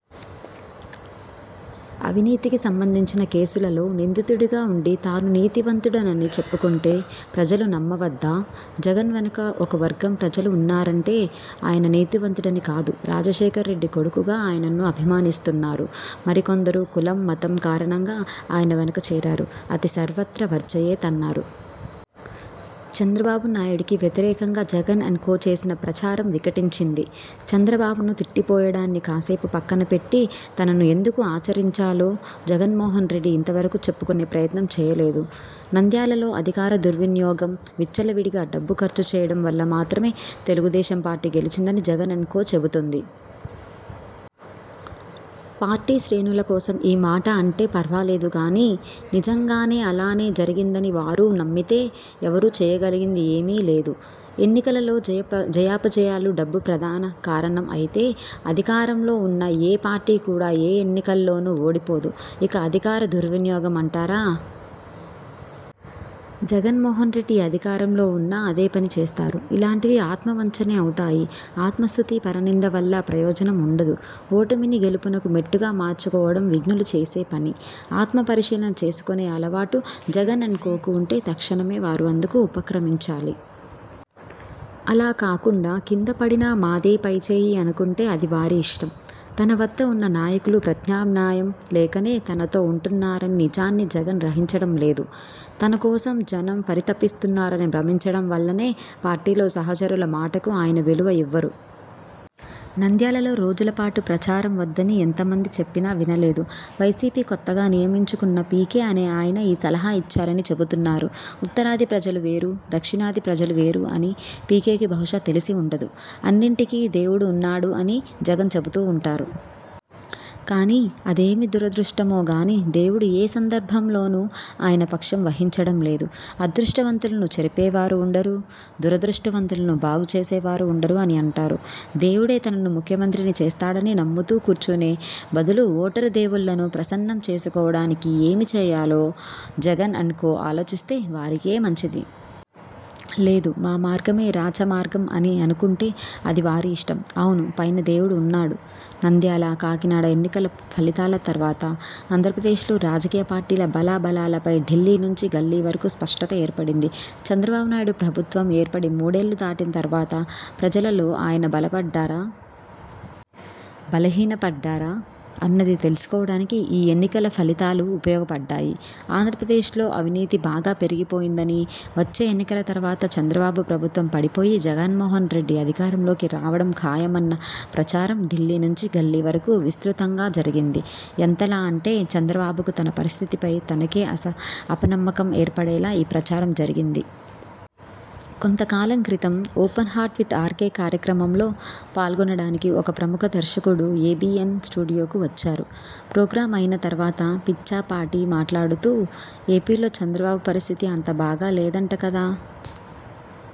అవినీతికి సంబంధించిన కేసులలో నిందితుడిగా ఉండి తాను నీతివంతుడనని చెప్పుకొంటే ప్రజలు నమ్మవద్దా? జగన్ వెనుక ఒక వర్గం ప్రజలు ఉన్నారంటే ఆయన నీతివంతుడని కాదు– రాజశేఖర్రెడ్డి కొడుకుగా ఆయనను అభిమానిస్తున్నారు. మరికొందరు కులం, మతం కారణంగా ఆయన వెనుక చేరారు. అతి సర్వత్ర వర్జయేత్ అన్నారు. చంద్రబాబునాయుడికి వ్యతిరేకంగా జగన్ అండ్ కో చేసిన ప్రచారం వికటించింది. చంద్రబాబును తిట్టిపోయడాన్ని కాసేపు పక్కనపెట్టి తనను ఎందుకు ఆదరించాలో జగన్మోహన్రెడ్డి ఇంతవరకు చెప్పుకొనే ప్రయత్నం చేయలేదు. నంద్యాలలో అధికార దుర్వినియోగం, విచ్చలవిడిగా డబ్బు ఖర్చు చేయడం వల్ల మాత్రమే తెలుగుదేశం పార్టీ గెలిచిందని జగన్ అండ్ కో చెబుతోంది. పార్టీ శ్రేణుల కోసం ఈ మాట అంటే ఫర్వాలేదు గానీ, నిజంగానే అలానే జరిగిందని వారూ నమ్మితే ఎవరూ చేయగలిగింది ఏమీ లేదు. ఎన్నికలలో జయాపజయాలకు డబ్బు ప్రధాన కారణం అయితే అధికారంలో ఉన్న ఏ పార్టీ కూడా ఏ ఎన్నికల్లోనూ ఓడిపోదు. ఇక అధికార దుర్వినియోగం అంటారా? జగన్మోహన్రెడ్డి అధికారంలో ఉన్నా అదే పని చేస్తారు. ఇలాంటివి ఆత్మ వంచనే అవుతాయి. ఆత్మస్తుతి-– పరనింద వల్ల ప్రయోజనం ఉండదు. ఓటమిని గెలుపునకు మెట్టుగా మార్చుకోవడం విజ్ఞులు చేసే పని! ఆత్మ పరిశీలన చేసుకునే అలవాటు జగన్ అండ్ కోకు ఉంటే తక్షణమే వారు అందుకు ఉపక్రమించాలి. అలా కాకుండా కింద పడినా మాదే పైచేయి అనుకుంటే అది వారి ఇష్టం. తన వద్ద ఉన్న నాయకులు ప్రత్యామ్నాయం లేకనే తనతో ఉంటున్నారన్న నిజాన్ని జగన్ గ్రహించడం లేదు. తన కోసం జనం పరితపిస్తున్నారని భ్రమించడం వల్లనే పార్టీలో సహచరుల మాటకు ఆయన విలువ ఇవ్వరు. నంద్యాలలో రోజులపాటు ప్రచారం వద్దని ఎంత మంది చెప్పినా వినలేదు. వైసీపీ కొత్తగా నియమించుకున్న పీకే అనే ఆయన ఈ సలహా ఇచ్చారని చెబుతున్నారు. ఉత్తరాది ప్రజలు వేరు-– దక్షిణాది ప్రజలు వేరు అని పీకేకి బహుశా తెలిసి ఉండదు. అన్నింటికీ దేవుడు ఉన్నాడు అని జగన్ చెబుతూ ఉంటారు. కానీ అదేమి దురదృష్టమో గానీ దేవుడు ఏ సందర్భంలోనూ ఆయన పక్షం వహించడం లేదు. అదృష్టవంతులను చెరిపేవారు ఉండరు– దురదృష్టవంతులను బాగు చేసేవారు ఉండరు అని అంటారు. దేవుడే తనను ముఖ్యమంత్రిని చేస్తాడని నమ్ముతూ కూర్చునే బదులు ఓటరు దేవుళ్లను ప్రసన్నం చేసుకోవడానికి ఏమి చేయాలో జగన్ అండ్ కో ఆలోచిస్తే వారికే మంచిది. లేదు-– మా మార్గమే రాచమార్గం అని అనుకుంటే అది వారి ఇష్టం. అవును పైన దేవుడు ఉన్నాడు! నంద్యాల, కాకినాడ ఎన్నికల ఫలితాల తర్వాత ఆంధ్రప్రదేశ్లో రాజకీయ పార్టీల బలాబలాలపై ఢిల్లీ నుంచి గల్లీ వరకు స్పష్టత ఏర్పడింది. చంద్రబాబునాయుడు ప్రభుత్వం ఏర్పడి మూడేళ్లు దాటిన తర్వాత ప్రజలలో ఆయన బలపడ్డారా? బలహీనపడ్డారా? అన్నది తెలుసుకోవడానికి ఈ ఎన్నికల ఫలితాలు ఉపయోగపడ్డాయి. ఆంధ్రప్రదేశ్లో అవినీతి బాగా పెరిగిపోయిందనీ, వచ్చే ఎన్నికల తర్వాత చంద్రబాబు ప్రభుత్వం పడిపోయి జగన్మోహన్రెడ్డి అధికారంలోకి రావడం ఖాయమన్న ప్రచారం ఢిల్లీ నుంచి గల్లీ వరకు విస్తృతంగా జరిగింది. ఎంతలా అంటే చంద్రబాబుకు తన పరిస్థితిపై తనకే అపనమ్మకం ఏర్పడేలా ఈ ప్రచారం జరిగింది. కొంతకాలం క్రితం 'ఓపెన్ హార్ట్ విత్ ఆర్కే' కార్యక్రమంలో పాల్గొనడానికి ఒక ప్రముఖ దర్శకుడు ఏబీఎన్ స్టూడియోకు వచ్చారు. ప్రోగ్రాం అయిన తర్వాత పిచ్చాపాటీ మాట్లాడుతూ 'ఏపీలో చంద్రబాబు పరిస్థితి అంత బాగా లేదంట కదా!